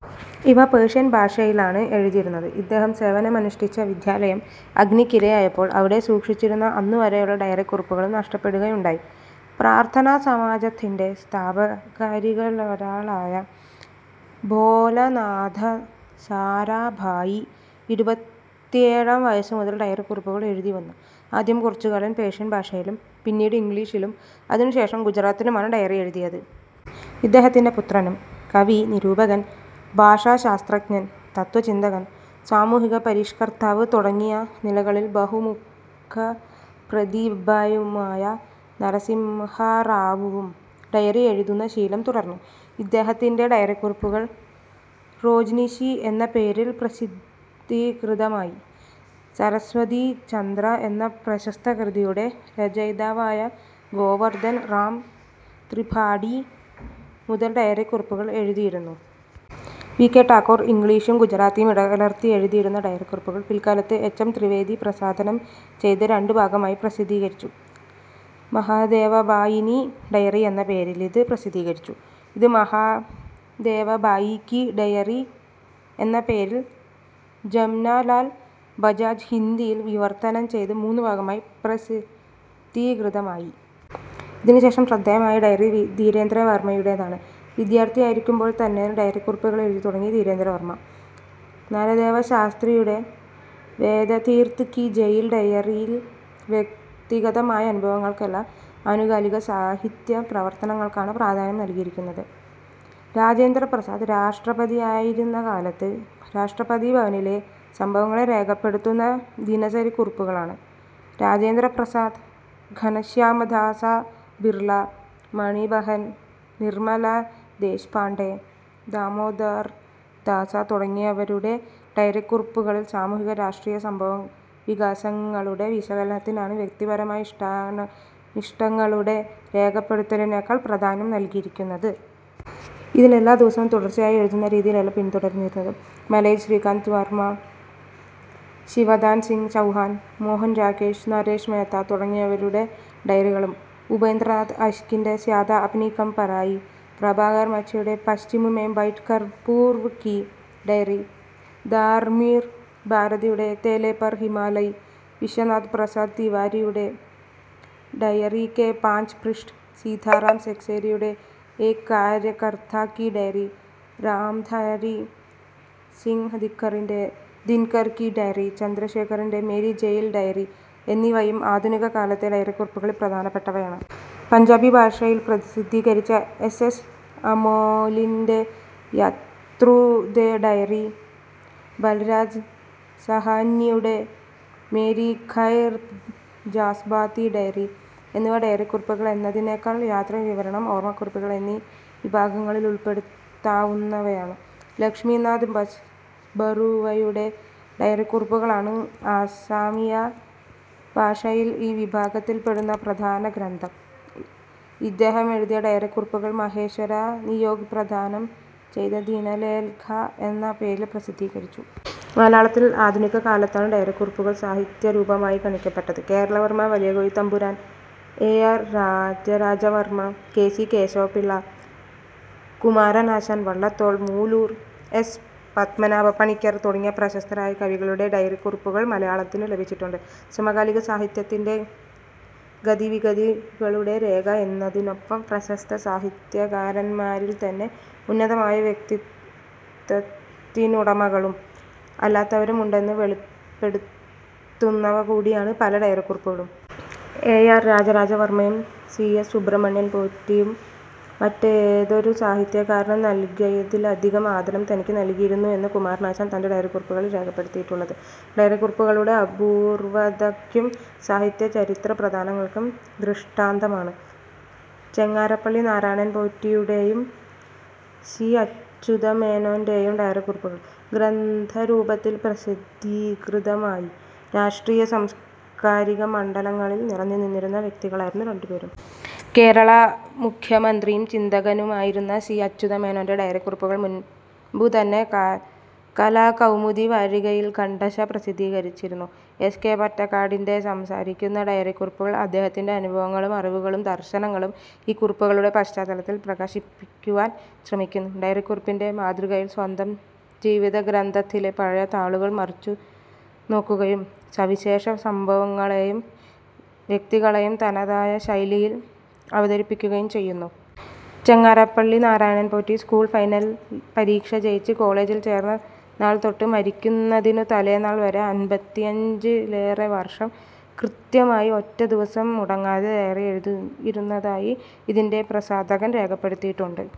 ഇവ പേർഷ്യൻ ഭാഷയിലാണ് എഴുതിയിരുന്നത്. ഇദ്ദേഹം സേവനമനുഷ്ഠിച്ച വിദ്യാലയം അഗ്നിക്കിരയായപ്പോൾ അവിടെ സൂക്ഷിച്ചിരുന്ന അന്നുവരെയുള്ള ഡയറിക്കുറിപ്പുകളും നഷ്ടപ്പെടുകയുണ്ടായി. പ്രാർഥനാസമാജത്തിന്റെ സ്ഥാപകരിലൊരാളായ ഭോലാനാഥ സാരാഭായി ഇരുപത്തിയേഴാം വയസ്സു മുതൽ ഡയറിക്കുറിപ്പുകൾ എഴുതി വന്നു. ആദ്യം കുറച്ചുകാലം പേർഷ്യൻ ഭാഷയിലും പിന്നീട് ഇംഗ്ലീഷിലും അതിനുശേഷം ഗുജറാത്തിയിലും ആണ് ഡയറി എഴുതിയത്. ഇദ്ദേഹത്തിന്റെ പുത്രനും, കവി, നിരൂപകൻ, ഭാഷാശാസ്ത്രജ്ഞൻ, തത്ത്വചിന്തകൻ, സാമൂഹിക പരിഷ്കർത്താവ് തുടങ്ങിയ നിലകളിൽ ബഹുമുഖപ്രതിഭയുമായ നരസിംഹറാവുവും ഡയറി എഴുതുന്ന ശീലം തുടർന്നു. ഇദ്ദേഹത്തിന്റെ ഡയറിക്കുറിപ്പുകൾ റോജ്നിശി എന്ന പേരിൽ പ്രസിദ്ധീകൃതമായി. സരസ്വതിചന്ദ്ര എന്ന പ്രശസ്ത കൃതിയുടെ രചയ്താവായ ഗോവർധൻ റാം ത്രിപാഠി മുതൽ ഡയറിക്കുറിപ്പുകൾ എഴുതിയിരുന്നു. വി. കെ. ഠാകൂർ ഇംഗ്ലീഷും ഗുജറാത്തിയും ഇടകലർത്തി എഴുതിയിരുന്ന ഡയറിക്കുറിപ്പുകൾ പിൽക്കാലത്ത് എച്ച്. എം. ത്രിവേദി പ്രസാധനം ചെയ്ത് രണ്ടു ഭാഗമായി പ്രസീദ്ധീകരിച്ചു. മഹാദേവഭായിനി ഡയറി എന്ന പേരിലിതു പ്രസിദ്ധീകരിച്ചു. ഇത് മഹാദേവഭായി കി ഡയറി എന്ന പേരിൽ ജമ്നാലാൽ ബജാജ് ഹിന്ദിയിൽ വിവർത്തനം ചെയ്തത്, മൂന്നു ഭാഗമായി പ്രസിദ്ധീകൃതമായി. ഇതിനുശേഷം ശ്രദ്ധേയമായ ഡയറി ധീരേന്ദ്രവർമയുടേതാണ്. വിദ്യാർഥിയായിരിക്കുമ്പോൾത്തന്നെ ഡയറിക്കുറിപ്പെഴുതിത്തുടങ്ങി ധീരേന്ദ്രവർമ. നരദേവശാസ്ത്രിയുടെ വേദതീർഥ് കി ജയിൽ ഡയറിയിൽ വ്യക്തിഗതമായ അനുഭവങ്ങൾക്കല്ല, ആനുകാലിക സാഹിത്യ പ്രവർത്തനങ്ങൾക്കാണ് പ്രാധാന്യം നൽകിയിരിക്കുന്നത്. രാജേന്ദ്രപ്രസാദ് രാഷ്ട്രപതിയായിരുന്ന കാലത്ത് രാഷ്ട്രപതിഭവനിലെ സംഭവങ്ങളെ രേഖപ്പെടുത്തുന്ന ദിനസരിക്കുറിപ്പുകളാണ്. രാജേന്ദ്രപ്രസാദ്, ഘനശ്യാമ്ദാസ ബിർല, മണിബഹൻ ,നിർമ്മല ദേശ്പാണ്ഡെ, ദാമോദർദാസ തുടങ്ങിയവരുടെ ഡയറിക്കുറിപ്പുകളിൽ സാമൂഹിക രാഷ്ട്രീയ സംഭവവികാസങ്ങളുടെ വിശകലനത്തിനാണ്, വ്യക്തിപരമായ ഇഷ്ടാഷ്ടങ്ങളുടെ രേഖപ്പെടുത്തലിനേക്കാൾ പ്രാധാന്യം നൽകിയിരിക്കുന്നത്. ഇതിൽ, എല്ലാ ദിവസവും തുടർച്ചയായി എഴുതുന്ന രീതിയല്ല പിന്തുടർന്നിരിക്കുന്നത്. മലയജ്, ശ്രീകാന്ത് വർമ, ശിവദാൻസിംഹ് ചൗഹാൻ, മോഹൻ രാകേശ്, നരേശ് മേഹ്ത്ത തുടങ്ങിയവരുടെ ഡയറികളും ഉപേന്ദ്രനാഥ് അശ്കിന്റെ സ്യാദാ അപനി കമ് പരായി, പ്രഭാകർ മാച്വെയുടെ പശ്ചിമ് മെം ബൈഠ് കർ പൂർവ് കീ ഡയറി, ധർമ്വീർ ഭാരതിയുടെ തേലെ പർ ഹിമാലയ്, വിശ്വനാഥ് പ്രസാദ് തിവാരിയുടെ ഡയറി കെ പാംച് പൃഷ്ഠ്, സീതാറാം സെക്സേരിയുടെ ഏക് കാര്യകർതാ കീ ഡയറി, രാംധാരി സിൻഹ് ദിൻകറിന്റെ ദിൻകർ കീ ഡയറി, ചന്ദ്രശേഖറിന്റെ മേരി ജയിൽ ഡയറി എന്നിവയും ആധുനിക കാലത്തെ ഡയറിക്കുറിപ്പുകളിൽ പ്രധാനപ്പെട്ടവയാണ്. പഞ്ചാബി ഭാഷയിൽ പ്രസിദ്ധീകരിച്ച എസ്. എസ്. അമോലിന്റെ യത്രു ദെ ഡയറി, ബൽരാജ് സാഹ്നിയുടെ മേരി ഘൈർ ജസ്ബാതി ഡയറി എന്നിവ ഡയറിക്കുറിപ്പുകൾ എന്നതിനെക്കാൾ യാത്രാവിവരണം, ഓർമക്കുറിപ്പുകൾ എന്നീവിഭാഗങ്ങളിലുൾപ്പെടുത്താവുന്നവയാണ്. ലക്ഷമീ നാഥ് ബസ്ബറുവയുടെ ഡയറിക്കുറിപ്പുകളാണ് അസമിയ ഭാഷയിൽ ഈ വിഭാഗത്തിൽപ്പെടുന്ന പ്രധാന ഗ്രന്ഥം. ഇദ്ദേഹം എഴുതിയ ഡയറിക്കുറിപ്പുകൾ മഹേശ്വര നിയോഗ് പ്രസാധനം ചെയ്ത് ദിനലേഖ എന്ന പേരിൽ പ്രസിദ്ധീകരിച്ചു. മലയാളത്തിൽ ആധുനിക കാലത്താണ് ഡയറിക്കുറിപ്പുകൾ സാഹിത്യരൂപമായി ഗണിക്കപ്പെട്ടത്. Kerala Varma Valiyakoithampuran, A. R. Rajaraja Varma, K. C. Kesava Pillai, Kumaranasan, Vallathol, Moolur S. Padmanabhapanicker തുടങ്ങിയ പ്രശസ്തരായ കവികളുടെ ഡയറിക്കുറിപ്പുകൾ മലയാളത്തിനു ലഭിച്ചിട്ടുണ്ട്. സമകാലിക സാഹിത്യത്തിന്റെ ഗതിവിഗതികളുടെ രേഖ എന്നതിനൊപ്പം പ്രശസ്ത സാഹിത്യകാരന്മാരിൽത്തന്നെ ഉന്നതമായ വ്യക്തിത്വത്തിനുടമകളും അല്ലാത്തവരുമുണ്ടെന്നു വെളിപ്പെടുത്തുന്നവകൂടിയാണ് പല ഡയറിക്കുറിപ്പുകളും. ഏ. ആർ. രാജരാജവർമയും സി. എസ്. സുബ്രഹ്മണ്യൻ പോറ്റിയും മറ്റേതൊരു സാഹിത്യകാരനും നൽകിയതിലധികം ആദരം തനിക്കു നൽകിയിരുന്നു എന്ന് കുമാരനാശാൻ തന്റെ ഡയറിക്കുറിപ്പുകളിൽ രേഖപ്പെടുത്തിയിട്ടുള്ളത് ഡയറിക്കുറിപ്പുകളുടെ അപൂർവതക്കും സാഹിത്യ ചരിത്ര പ്രാധാന്യങ്ങൾക്കും ദൃഷ്ടാന്തമാണ്. ചെങ്ങാരപ്പള്ളി നാരായണൻ പോറ്റിയുടേയും സി. അച്യുതമേനോന്റേയും ഡയറിക്കുറിപ്പുകൾ ഗ്രന്ഥരൂപത്തിൽ പ്രസിദ്ധീകൃതമായി. രാഷ്ട്രീയ, സാംസ്കാരിക മണ്ഡലങ്ങളിൽ നിറഞ്ഞുനിന്നിരുന്ന വ്യക്തികളായിരുന്നു രണ്ടുപേരും. കേരള മുഖ്യമന്ത്രിയും ചിന്തകനുമായിരുന്ന സി. അച്യുതമേനോന്റെ ഡയറിക്കുറിപ്പുകൾ മുൻപുതന്നെ കലാകൗമുദി വാരികയിൽ ഖണ്ഡശഃ പ്രസിദ്ധീകരിച്ചിരുന്നു. എസ്. കെ. പൊറ്റക്കാടിന്റെ സംസാരിക്കുന്ന ഡയറിക്കുറിപ്പുകൾ അദ്ദേഹത്തിന്റെ അനുഭവങ്ങളും അറിവുകളും ദർശനങ്ങളും ഈ കുറിപ്പുകളുടെ പശ്ചാത്തലത്തിൽ പ്രകാശിപ്പിക്കുവാൻ ശ്രമിക്കുന്നു. ഡയറിക്കുറിപ്പിന്റെ മാതൃകയിൽ സ്വന്തം ജീവിതഗ്രന്ഥത്തിലെ പഴയ താളുകൾ മറിച്ചു നോക്കുകയും സവിശേഷ സംഭവങ്ങളേയും വ്യക്തികളേയും തനതായ ശൈലിയിൽ അവതരിപ്പിക്കുകയും ചെയ്യുന്നു. ചെങ്ങാരപ്പള്ളി നാരായണൻ പോറ്റി സ്കൂൾ ഫൈനൽ പരീക്ഷ ജയിച്ച് കോളജിൽ ചേർന്ന നാൾതൊട്ട് മരിക്കുന്നതിനു തലേനാൾ വരെ അൻപത്തിഅഞ്ചിലേറെ വർഷം കൃത്യമായി, ഒറ്റ ദിവസം മുടങ്ങാതെ ഡയറി എഴുതിയിരുന്നതായി ഇതിന്റെ പ്രസാധകൻ രേഖപ്പെടുത്തിയിട്ടുണ്ട്.